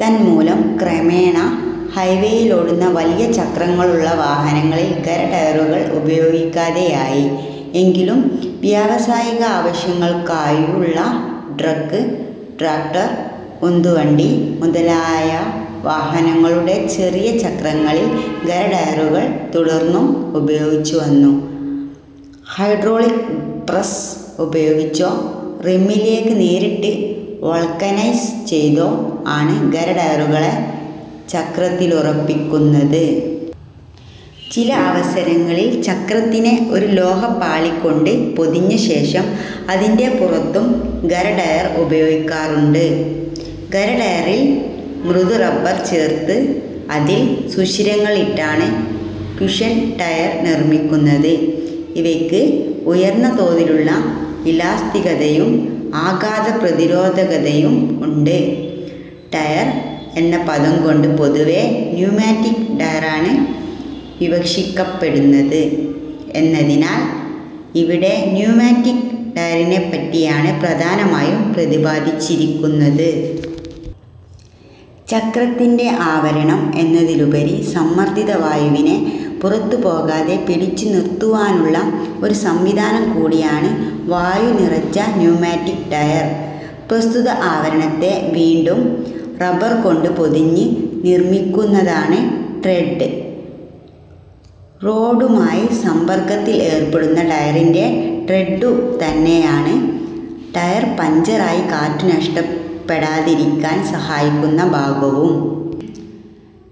തന്മൂലം ക്രമേണ ഹൈവേയിലോടുന്ന വലിയ ചക്രങ്ങളുള്ള വാഹനങ്ങളിൽ ഖര ടയറുകൾ ഉപയോഗിക്കാതെയായി. എങ്കിലും വ്യാവസായികാവശ്യങ്ങൾക്കായുള്ള ട്രക്ക്, ട്രാക്ക്റ്റർ, ഉന്തുവണ്ടി മുതലായ വാഹനങ്ങളുടെ ചെറിയ ചക്രങ്ങളിൽ ഖര ടയറുകൾ തുടർന്നും ഉപയോഗിച്ചു വന്നു. ഹൈഡ്രോളിക് പ്രസ്സ് ഉപയോഗിച്ചോ റിമ്മിലേക്ക് നേരിട്ട് വൾക്കനൈസ് ചെയ്തോ ആണ് ഖര ടയറുകളെ ചക്രത്തിലുറപ്പിക്കുന്നത്. ചില അവസരങ്ങളിൽ ചക്രത്തിനെ ഒരു ലോഹ പാളി കൊണ്ട് പൊതിഞ്ഞശേഷം അതിന്റെ പുറത്തും ഖര ടയർ ഉറപ്പിക്കാറുണ്ട്. ഖര ടയറിൽ മൃദു റബർ ചേർത്ത് അതിൽ സുഷിരങ്ങളിട്ടാണ് കുഷൻ ടയർ നിർമ്മിക്കുന്നത്. ഇവയ്ക്ക് ഉയർന്ന തോതിലുള്ള ഇലാസ്തികതയും ആഘാത പ്രതിരോധകതയും ഉണ്ട്. ടയർ എന്ന പദംകൊണ്ട് പൊതുവേ ന്യൂമാറ്റിക് ടയറാണ് വിവക്ഷിക്കപ്പെടുന്നത് എന്നതിനാൽ ഇവിടെ ന്യൂമാറ്റിക് ടയറിനെപ്പറ്റിയാണ് പ്രധാനമായും പ്രതിപാദിച്ചിരിക്കുന്നത്. ചക്രത്തിന്റെ ആവരണം എന്നതിലുപരി സമ്മർദ്ദിത വായുവിനെ പുറത്തു പോകാതെ പിടിച്ചു നിറുത്തുവാനുള്ള ഒരു സംവിധാനം കൂടിയാണ് വായു നിറച്ച ന്യൂമാറ്റിക് ടയർ. പ്രസ്തുത ആവരണത്തെ വീണ്ടും റബർ കൊണ്ട് പൊതിഞ്ഞ് നിർമ്മിക്കുന്നതാണ് ട്രെഡ്ഡ്. റോഡുമായി സമ്പർക്കത്തിൽ ഏർപ്പെടുന്ന ടയറിന്റെ ട്രെഡ്ഡു തന്നെയാണ് ടയർ പഞ്ചറായി കാറ്റു നഷ്ടപ്പെടാതിരിക്കാൻ സഹായിക്കുന്ന ഭാഗവും.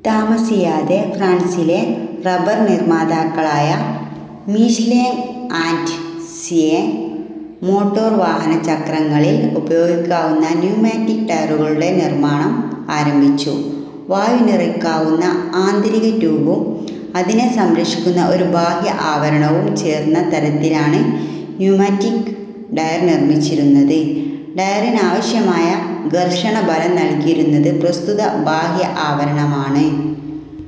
താമസിയാതെ ഫ്രാൻസിലെ റബർ നിർമ്മാതാക്കളായ മീഷ്ലേങ് ആൻഡ് സ് യെ മോട്ടോർ വാഹന ചക്രങ്ങളിൽ ഉപയോഗിക്കാവുന്ന ന്യൂമാറ്റിക് ടയറുകളുടെ നിർമ്മാണം ആരംഭിച്ചു. വായു നിറയ്ക്കാവുന്ന ആന്തരിക ട്യൂബും അതിനെ സംരക്ഷിക്കുന്ന ഒരു ബാഹ്യ ആവരണവും ചേർന്ന തരത്തിലാണ് ന്യുമാറ്റിക് ടയർ നിർമിച്ചിരുന്നത്. ടയറിനാവശ്യമായ ഘർഷണ ബലം നൽകിയിരുന്നത് പ്രസ്തുത ബാഹ്യ ആവരണമാണ്.